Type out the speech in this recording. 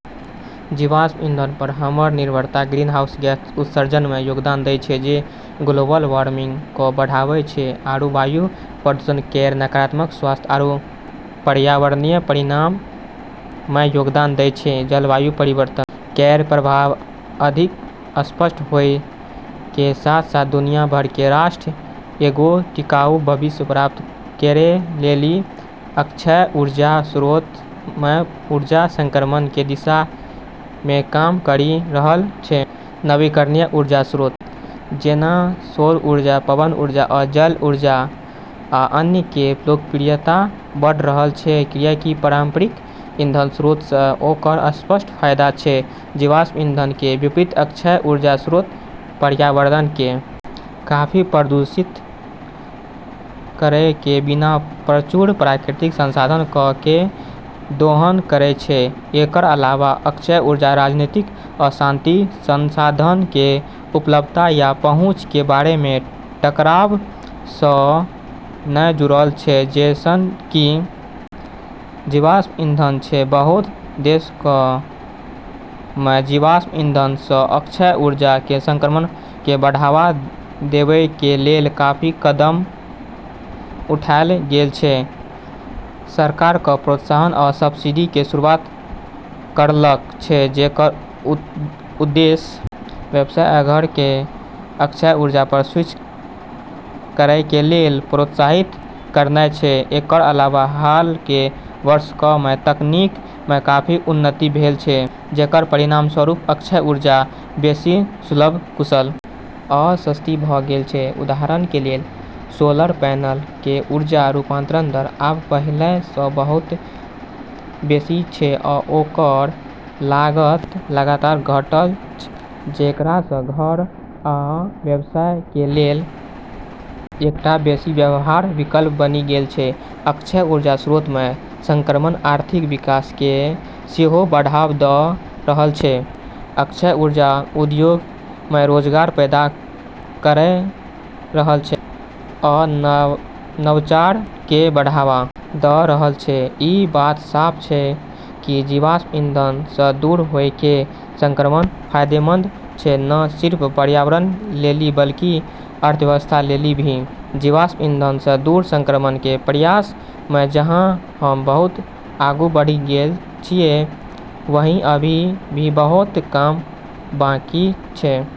जीवाश्म ईंधन प हमरऽ निर्भरता ग्रीनहाउस गैस उत्सर्जन मे योगदान दै छै जे ग्लोबल वार्मिंग कं बढ़ाबै छै आरू वायु प्रदूषण केरऽ नकारात्मक स्वास्थ्य आरू पर्यावरणीय परिणाम मे योगदान दै छै, जलवायु परिवर्तन केरऽ प्रभाव अधिक स्पष्ट होय के साथ-साथ दुनिया भर के राष्ट्र एगो टिकाऊ भविष्य प्राप्त करै लेली अक्षय ऊर्जा स्रोतऽ मे ऊर्जा संक्रमण के दिशा मे काम करी रहलऽ छै, नवीकरणीय ऊर्जा स्रोत जेना सौर ऊर्जा, पवन ऊर्जा, आ जल ऊर्जा, आ अन्य कें लोकप्रियता बढ़ रहल छै, कियाकि पारंपरिक ईंधन स्रोत सं ओकर स्पष्ट फायदा छै, जीवाश्म ईंधन कें विपरीत अक्षय ऊर्जा स्रोत पर्यावरण कें काफी प्रदूषित करय कें बिना प्रचुर प्राकृतिक संसाधनक कें दोहन करय छै, एकरऽ अलावा अक्षय ऊर्जा राजनीतिक अशांति, संसाधनऽ के उपलब्धता या पहुँच के बारे मे टकराव सं नै जुड़लऽ छै जैसनऽ कि जीवाश्म ईंधन छै, बहुत देशक मे जीवाश्म ईंधन सं अक्षय ऊर्जा मे संक्रमण कें बढ़ावा देवय कें लेल काफी कदम उठाएल गेल छै, सरकारक प्रोत्साहन आ सब्सिडी कें शुरूआत करलक छै जेकर उद्देश्य व्यवसाय आ घरक कें अक्षय ऊर्जा पर स्विच करय कें लेल प्रोत्साहित करनाय छै, एकर अलावा हाल कें वर्षक मे तकनीक मे काफी उन्नति भेल छै जेकर परिणामस्वरूप अक्षय ऊर्जा बेसि सुलभ, कुशल आ सस्ती भ गेल छै, उदाहरण कें लेल सोलर पैनल कें ऊर्जा रूपांतरण दर आब पहिले सं बहुत बेसि छै आ ओकर लागत लगातार घटल छै जेकरा सं घर आ व्यवसायक कें लेल एकटा बेसि व्यवहार विकल्प बनि गेल छै, अक्षय ऊर्जा स्रोत मे संक्रमण आर्थिक विकास कें सेहो बढ़ावा द रहल छै, अक्षय ऊर्जा उद्योग मे रोजगार पैदा करय रहल छै आ नवाचार कें बढ़ावा द रहल छै, ई बात साफ छै कि जीवाश्म ईंधन स दूर होय के संक्रमण फायदेमंद छै न सिर्फ पर्यावरण लेली बल्कि अर्थव्यवस्था लेली भी, जीवाश्म ईंधन सं दूर संक्रमण के प्रयास मे जहाँ हम्म बहुत आगू बढ़ी गेल छियै, वहीं अभी भी बहुत काम बाकी छै।